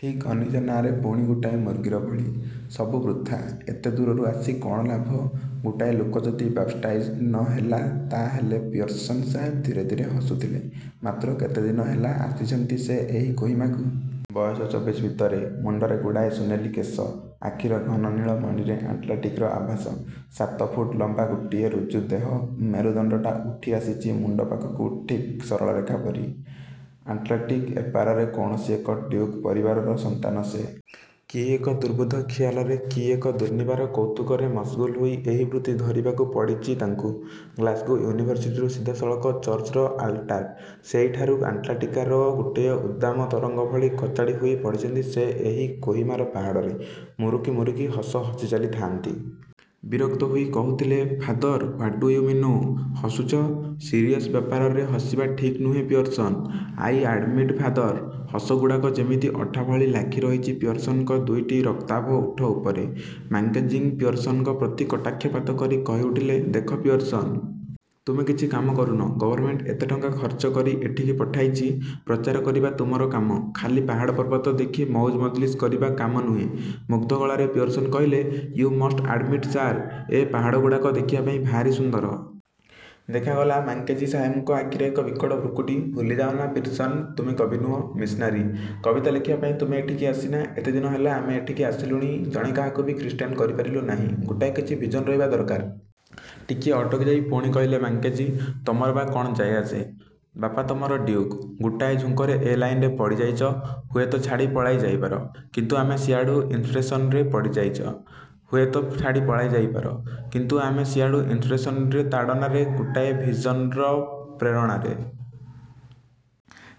ଠିକ୍ ଅନିଜା ନାଁରେ ପୁଣି ଗୋଟାଏ ମୁର୍ଗୀର ବଳି। ସବୁ ବୃଥା। ଏତେ ଦୂରରୁ ଆସି କ'ଣ ଲାଭ? ଗୋଟାଏ ଲୋକ ଯଦି ବାପ୍ଟାଇଜ୍ଡ଼ ନ ହେଲା ତାହାହେଲେ ପିୟର୍ସନ ସାହେବ ଧୀରେ ଧୀରେ ହସୁଥିଲେ। ମାତ୍ର କେତେଦିନ ହେଲା ଆସିଚନ୍ତି ସେ ଏହି କୋହିମାକୁ। ବୟସ ଚବିଶ ଭିତରେ। ମୁଣ୍ଡରେ ଗୁଡ଼ାଏ ସୁନେଲୀ କେଶ। ଆଖିର ଘନ ନୀଳମଣିରେ ଆଟଲାଣ୍ଟିକର ଆଭାସ। ସାତ ଫୁଟ ଲମ୍ବା ଗୋଟାଏ ଋଜୁ ଦେହ। ମେରୁଦଣ୍ଡଟା ଉଠିଆସିଚି ମୁଣ୍ଡ ପାଖକୁ ଠିକ୍ ସରଳରେଖା ପରି। ଆଟଲାଣ୍ଟିକ ଏପାରରେ କୌଣସି ଏକ ଡିଉକ୍ ପରିବାରର ସନ୍ତାନ ସେ। କି ଏକ ଦୁର୍ବୋଧ୍ୟ ଖିଆଲରେ କି ଏକ ଦୁର୍ନିବାର କୌତୁକରେ ମସଗୁଲ ହୋଇ ଏହି ବୃତ୍ତି ଧରିବାକୁ ପଡ଼ିଚି ତାଙ୍କୁ। ଗ୍ଳାସଗୋ ୟୁନିଭରସିଟିରୁ ସିଧାସଳଖ ଚର୍ଚ୍ଚର ଆଲ୍ଟାର। ସେଇଠାରୁ ଆଟଲାଣ୍ଟିକାର ଗୋଟାଏ ଉଦ୍ଦାମ ତରଙ୍ଗ ଭଳି କଚାଡ଼ି ହୋଇପଡ଼ିଚନ୍ତି ସେ ଏହି କୋହିମାର ପାହାଡ଼ରେ। ମୁରୁକି ମୁରୁକି ହସ ହସି ଚାଲିଥାଆନ୍ତି। ବିରକ୍ତ ହୋଇ କହୁଥିଲେ ଫାଦର–ହ୍ୱାଟ୍ ଡ଼ୁ ୟୁ ମିନୁ? ହସୁଚ? ସରିୟସ ବ୍ୟାପରରେ ହସିବା ଠିକ୍ ନୁହେଁ ପିୟର୍ସନ! –I admit father. ହସଗୁଡ଼ାକ ଯେମିତି ଅଠା ଭଳି ଲାଖିରହିଚି ପିୟର୍ସନଙ୍କ ଦୁଇଟି ରକ୍ତାଭ ଓଠ ଉପରେ। ମାକେଂଜିଂ ପିୟର୍ସଙ୍କ ପ୍ରତି କଟାକ୍ଷପାତ କରି କହିଉଠିଲେ–ଦେଖ ପିୟର୍ସନ। ତୁମେ କିଛି କାମ କରୁନ। ଗଭର୍ଣ୍ଣମେଣ୍ଟ ଏତେ ଟଙ୍କା ଖର୍ଚ୍ଚ କରି ଏଠିକି ପଠାଇଚି। ପ୍ରଚାର କରିବା ତୁମର କାମ, ଖାଲି ପାହାଡ଼ ପର୍ବତ ଦେଖି ମଉଜ ମଜଲିସ୍ କରିବା କାମ ନୁହେଁ। ମୁଗ୍ଧ ଗଳାରେ ପିୟର୍ସନ କହିଲେ–ୟୁ ମଷ୍ଟ ଆଡ଼୍ମିଟ ସାର–ଏ ପାହାଡ଼ଗୁଡ଼ାକ ଦେଖିବା ପାଇଁ ଭାରି ସୁନ୍ଦର। ଦେଖାଗଲା ମାକେଂଜି ସାହେବଙ୍କ ଆଖିରେ ଏକ ବିକଟ ଭ୍ରୁକୁଟି–ଭୁଲି ଯାଅନା ପିର୍ସନ, ତୁମେ କବି ନୁହଁ, ମିଶନାରୀ। କବିତା ଲେଖିବା ପାଇଁ ତୁମେ ଏଠିକି ଆସିନା। ଏତେଦିନ ହେଲା ଆମେ ଏଠିକି ଆସିଲୁଣି, ଜଣେ କାହାକୁ ବି ଖ୍ରୀଷ୍ଟାନ କରିପାରିଲୁ ନାହିଁ। ଗୋଟାଏ କିଛି ଭିଜନ ରହିବା ଦରକାର। ଟିକିଏ ଅଟକି ଯାଇ ପୁଣି କହିଉଠିଲେ ମାକେଂଜି–ତମର ବା କ'ଣ ଯାଏ ଆସେ? ବାପା ତମର ଡ଼ିଉକ୍। ଗୋଟାଏ ଝୁଙ୍କରେ ଏ ଲାଇନରେ ପଡ଼ିଯାଇଚ, ହୁଏତ ଛାଡ଼ି ପଳାଇ ଯାଇପାର। କିନ୍ତୁ ଆମେ ଆସିଡ଼ୁ ଇନ୍ସପ୍ରେସନରେ ପଡ଼ିଯାଇଚ, ହୁଏତ ଛାଡ଼ି ପଳାଇ ଯାଇପାର-। କିନ୍ତୁ ଆମେ ଆସିଡ଼ୁ ଇନ୍ସପ୍ରେସନର ତାଡ଼ନାରେ, ଗୋଟାଏ ଭିଜନ୍ର ପ୍ରେରଣାରେ-।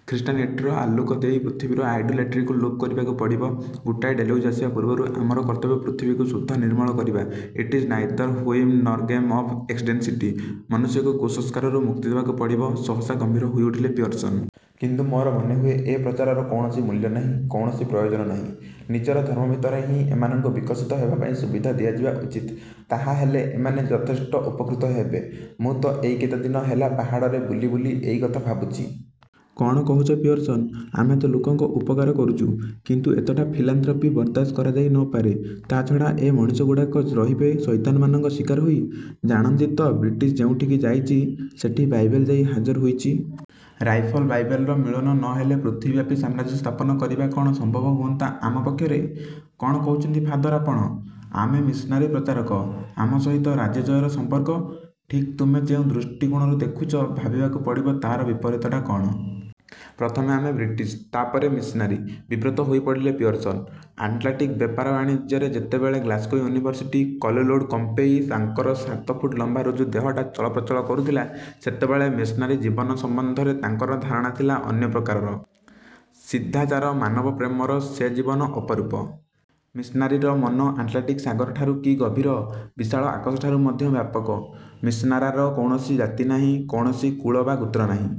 ଖ୍ରୀଷ୍ଟାନିଟ୍ର ଆଲୋକ ଦେଇ ପୃଥିବୀର ଆଇଡ଼ୋଲେଟ୍ରିକୁ ଲୋପ କରିବାକୁ ପଡ଼ିବ। ଗୋଟାଏ ଡ଼େଲ୍ୟୁଜ ଆସିବା ପୂର୍ବରୁ ଆମର କର୍ତ୍ତବ୍ୟ ପୃଥିବୀକୁ। ଶୁଦ୍ଧ, ନିର୍ମଳ କରିବା। It is neither whim nor game of accidentality. ମନୁଷ୍ୟକୁ କୁସଂସ୍କାରରୁ ମୁକ୍ତି ଦେବାକୁ ପଡ଼ିବ-।……. ସହସା ଗମ୍ଭୀର ହୋଇଉଠିଲେ ପିୟର୍ସନ। କିନ୍ତୁ ମୋର ମନେହୁଏ, ଏ ପ୍ରଚାରର କୌଣସି ମୂଲ୍ୟ ନାହିଁ। କୌଣସି ପ୍ରୟୋଜନ ନାହିଁ। ନିଜର ଧର୍ମ ଭିତରେ ହିଁ ଏମାନଙ୍କୁ ବିକଶିତ ହେବା ପାଇଁ ସୁବିଧା ଦିଆଯିବା ଉଚିତ। ତାହାହେଲେ ଏମାନେ ଯଥେଷ୍ଟ ଉପକୃତ ହେବେ। ମୁଁ ତ ଏଇ କେତେଦିନ ହେଲା ପାହାଡ଼ରେ ବୁଲି ବୁଲି ଏଇ କଥା ଭାବୁଚି। –କ'ଣ କହୁଚ ପିୟର୍ସନ। ଆମେ ତ ଲୋକଙ୍କ ଉପକାର କରୁଚୁ, କିନ୍ତୁ ଏତେଟା ଫିଲାନ୍ଥ୍ରପି ବରଦାସ୍ତ କରାଯାଇ ନ ପାରେ। ତା ଛଡ଼ା ଏ ମଣିଷଗୁଡ଼ାକ ରହିବେ ସଇତାନମାନଙ୍କ ଶିକାର ହୋଇ। ଜାଣନ୍ତି ତ ବ୍ରିଟିଶ ଯେଉଁଠିକି ଯାଇଚି, ସେଠି ବାଇବଲ ଯାଇ ହାଜର ହୋଇଚି। ରାଇଫଳ, ବାଇବେଲର ମିଳନ ନ ହେଲେ ପୃଥିବୀବ୍ୟାପୀ ସାମ୍ରାଜ୍ୟ ସ୍ଥାପନ କରିବା କ'ଣ ସମ୍ଭବ ହୁଅନ୍ତା ଆମ ପକ୍ଷରେ? –କ'ଣ କହୁଚନ୍ତି ଫାଦର ଆପଣ! ଆମେ ମିଶନାରୀ, ପ୍ରଚାରକ। ଆମ ସହିତ ରାଜ୍ୟଜୟର ସମ୍ପର୍କ? –ଠିକ୍ ତୁମେ ଯେଉଁ ଦୃଷ୍ଟିକୋଣରୁ ଦେଖୁଚ, ଭାବିବାକୁ ପଡ଼ିବ ତାର ବିପରୀତଟା କ'ଣ-। ପ୍ରଥମେ ଆମେ ବ୍ରିଟିଶ, ତାପରେ ମିଶନାରୀ। ବିବ୍ରତ ହୋଇପଡ଼ିଲେ ପିୟର୍ସନ। ଆଟଲାଣ୍ଟିକ ବେପାର ବାଣିଜ୍ୟରେ ଯେତେବେଳେ ଗ୍ଳାସ୍ଗୋ ୟୁନିଭରସିଟି କଲୋଲେଡ଼ କମ୍ପେଇ ତାଙ୍କର ସାତଫୁଟ ଲମ୍ବା ଋଜୁ ଦେହଟା ଚଳପ୍ରଚଳ କରୁଥିଲା ସେତେବେଳେ ମିଶନାରୀ ଜୀବନ ସମ୍ବନ୍ଧରେ ତାଙ୍କର ଧାରଣା ଥିଲା ଅନ୍ୟ ପ୍ରକାରର। ସିଦ୍ଧାଚାର ମାନବପ୍ରେମର ସେ ଜୀବନ ଅପରୂପ। ମିଶନାରୀର ମନ ଆଟଲାଣ୍ଟିକ ସାଗରଠାରୁ କି ଗଭୀର, ବିଶାଳ ଆକାଶଠାରୁ ମଧ୍ୟ ବ୍ୟାପକ। ମିଶନାରାର କୌଣସି ଜାତି ନାହିଁ, କୌଣସି କୁଳ ବା ଗୋତ୍ର ନାହିଁ।